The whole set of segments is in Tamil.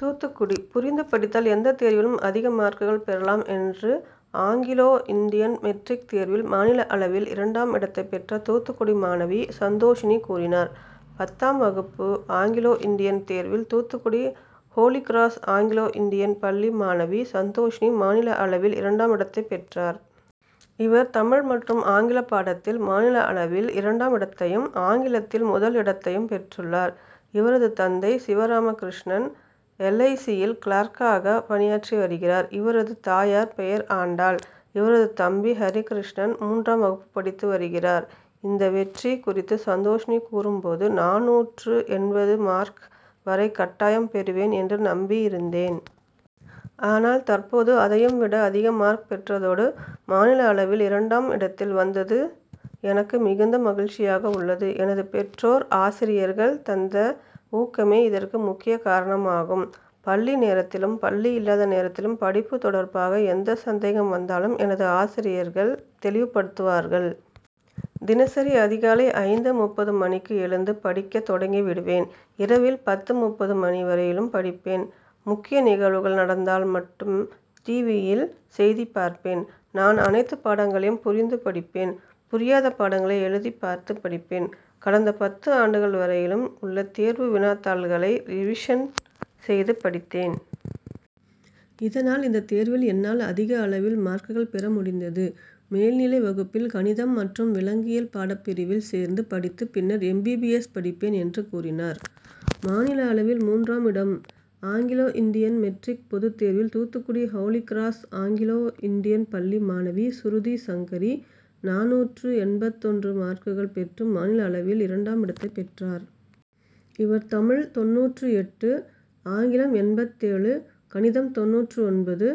தூத்துக்குடி புரிந்து படித்தால் எந்த தேர்விலும் அதிக மார்க்குகள் பெறலாம் என்று ஆங்கிலோ இண்டியன் மெட்ரிக் தேர்வில் மாநில அளவில் இரண்டாம் இடத்தை பெற்ற தூத்துக்குடி மாணவி சந்தோஷிணி கூறினார். பத்தாம் வகுப்பு ஆங்கிலோ இண்டியன் தேர்வில் தூத்துக்குடி ஹோலிகிராஸ் ஆங்கிலோ இண்டியன் பள்ளி மாணவி சந்தோஷிணி மாநில அளவில் இரண்டாம் இடத்தை பெற்றார். இவர் தமிழ் மற்றும் ஆங்கில பாடத்தில் மாநில அளவில் இரண்டாம் இடத்தையும், ஆங்கிலத்தில் முதல் இடத்தையும் பெற்றுள்ளார். இவரது தந்தை சிவராமகிருஷ்ணன் எல்ஐசி.,யில் கிளார்க்காக பணியாற்றி வருகிறார். இவரது தாயார் பெயர் ஆண்டாள். இவரது தம்பி ஹரிகிருஷ்ணன் மூன்றாம் வகுப்பு படித்து வருகிறார். இந்த வெற்றி குறித்து சந்தோஷிணி கூறும் போது, நானூற்று எண்பது மார்க் வரை கட்டாயம் பெறுவேன் என்று நம்பி இருந்தேன். ஆனால் தற்போது அதையும் விட அதிக மார்க் பெற்றதோடு, மாநில அளவில் இரண்டாம் இடத்தில் வந்ததது எனக்கு மிகுந்த மகிழ்ச்சியாக உள்ளது. எனது பெற்றோர், ஆசிரியர்கள் தந்த ஊக்கமே இதற்கு முக்கிய காரணமாகும். பள்ளி நேரத்திலும், பள்ளி இல்லாத நேரத்திலும் படிப்பு தொடர்பாக எந்த சந்தேகம் வந்தாலும் எனது ஆசிரியர்கள் தெளிவுபடுத்துவார்கள். தினசரி அதிகாலை ஐந்து.முப்பது மணிக்கு எழுந்து படிக்க தொடங்கி விடுவேன். இரவில் பத்து.முப்பது மணி வரையிலும் படிப்பேன். முக்கிய நிகழ்வுகள் நடந்தால் மட்டும் டிவியில் செய்தி பார்ப்பேன். நான் அனைத்து பாடங்களையும் புரிந்து படிப்பேன். புரியாத பாடங்களை எழுதிபார்த்து படிப்பேன். கடந்த பத்து ஆண்டுகள் வரையிலும் உள்ள தேர்வு வினாத்தாள்களை ரிவிஷன் செய்து படித்தேன். இதனால் இந்த தேர்வில் என்னால் அதிக அளவில் மார்க்குகள் பெற முடிந்தது. மேல்நிலை வகுப்பில் கணிதம் மற்றும் விலங்கியல் பாடப்பிரிவில் சேர்ந்து படித்து பின்னர் எம்பிபிஎஸ்., படிப்பேன் என்று கூறினார். மாநில அளவில் மூன்றாம் இடம் அங்கிலோ இண்டியன் மெட்ரிக் பொதுத்தேர்வில் தூத்துக்குடி ஹோலிகிராஸ் ஆங்கிலோ இண்டியன் பள்ளி மாணவி சுருதிசங்கரி நானூற்று எண்பத்தொன்று மார்க்குகள் பெற்று மாநில அளவில் இரண்டாம் இடத்தை பெற்றார். இவர் தமிழ் - தொண்ணூற்று எட்டு, ஆங்கிலம் - எண்பத்தேழு, கணிதம்-தொண்ணூற்று ஒன்பது,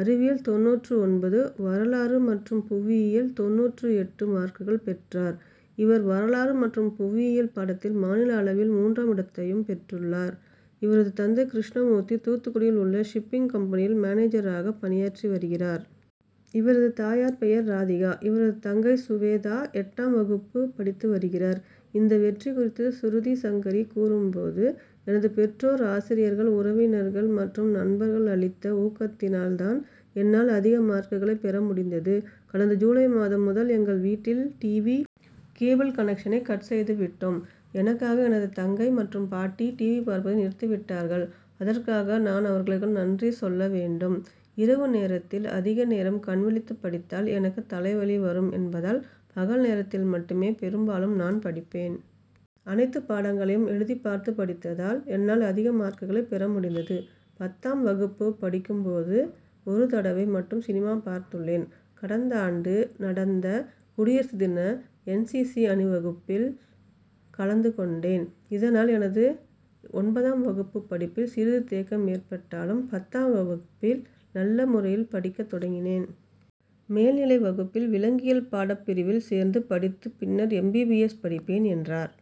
அறிவியல்-தொண்ணூற்று ஒன்பது, வரலாறு மற்றும் புவியியல்-தொண்ணூற்று எட்டு மார்க்குள் பெற்றார். இவர் வரலாறு மற்றும் புவியியல் பாடத்தில் மாநில அளவில் மூன்றாம் இடத்தையும் பெற்றுள்ளார். இவரது தந்தை கிருஷ்ணமூர்த்தி தூத்துக்குடியில் உள்ள ஷிப்பிங் கம்பெனியில் மேனேஜராக பணியாற்றி வருகிறார். இவரது தாயார் பெயர் ராதிகா. இவரது தங்கை சுவேதா எட்டாம் வகுப்பு படித்து வருகிறார். இந்த வெற்றி குறித்து சுருதிசங்கரி கூறும் போது, எனது பெற்றோர், ஆசிரியர்கள், உறவினர்கள் மற்றும் நண்பர்கள் அளித்த ஊக்கத்தினால் தான் என்னால் அதிக மார்க்குகளை பெற முடிந்தது. கடந்த ஜுலை மாதம் முதல் எங்கள் வீட்டில் டிவி. கேபிள் கனெக்ஷனை கட் செய்துவிட்டோம். எனக்காக எனது தங்கை மற்றும் பாட்டி டிவி., பார்ப்பதை நிறுத்திவிட்டார்கள். அதற்காக நான் அவர்களுக்கு நன்றி செல்ல வேண்டும். இரவு நேரத்தில் அதிக நேரம் கண்விழித்து படித்தால் எனக்கு தலைவலி வரும் என்பதால் பகல் நேரத்தில் மட்டுமே பெரும்பாலும் நான் படிப்பேன். அனைத்து பாடங்களையும் எழுதி பார்த்து படித்ததால் என்னால் அதிக மார்க்குகளை பெற முடிந்தது. பத்தாம் வகுப்பு படிக்கும் போது ஒரு தடவை மட்டும் சினிமா பார்த்துள்ளேன். கடந்தாண்டு நடந்த குடியரசு தின என்சிசி., அணிவகுப்பில் கலந்து கொண்டேன். இதனால் எனது ஒன்பதாம் வகுப்பு படிப்பில் சிறிது தேக்கம் ஏற்பட்டாலும், பத்தாம் வகுப்பில் நல்ல முறையில் படிக்க தொடங்கினேன். மேல்நிலை வகுப்பில் விலங்கியல் பாடப்பிரிவில் சேர்ந்து படித்து பின்னர் எம்பிபிஎஸ்., படிப்பேன் என்றார்.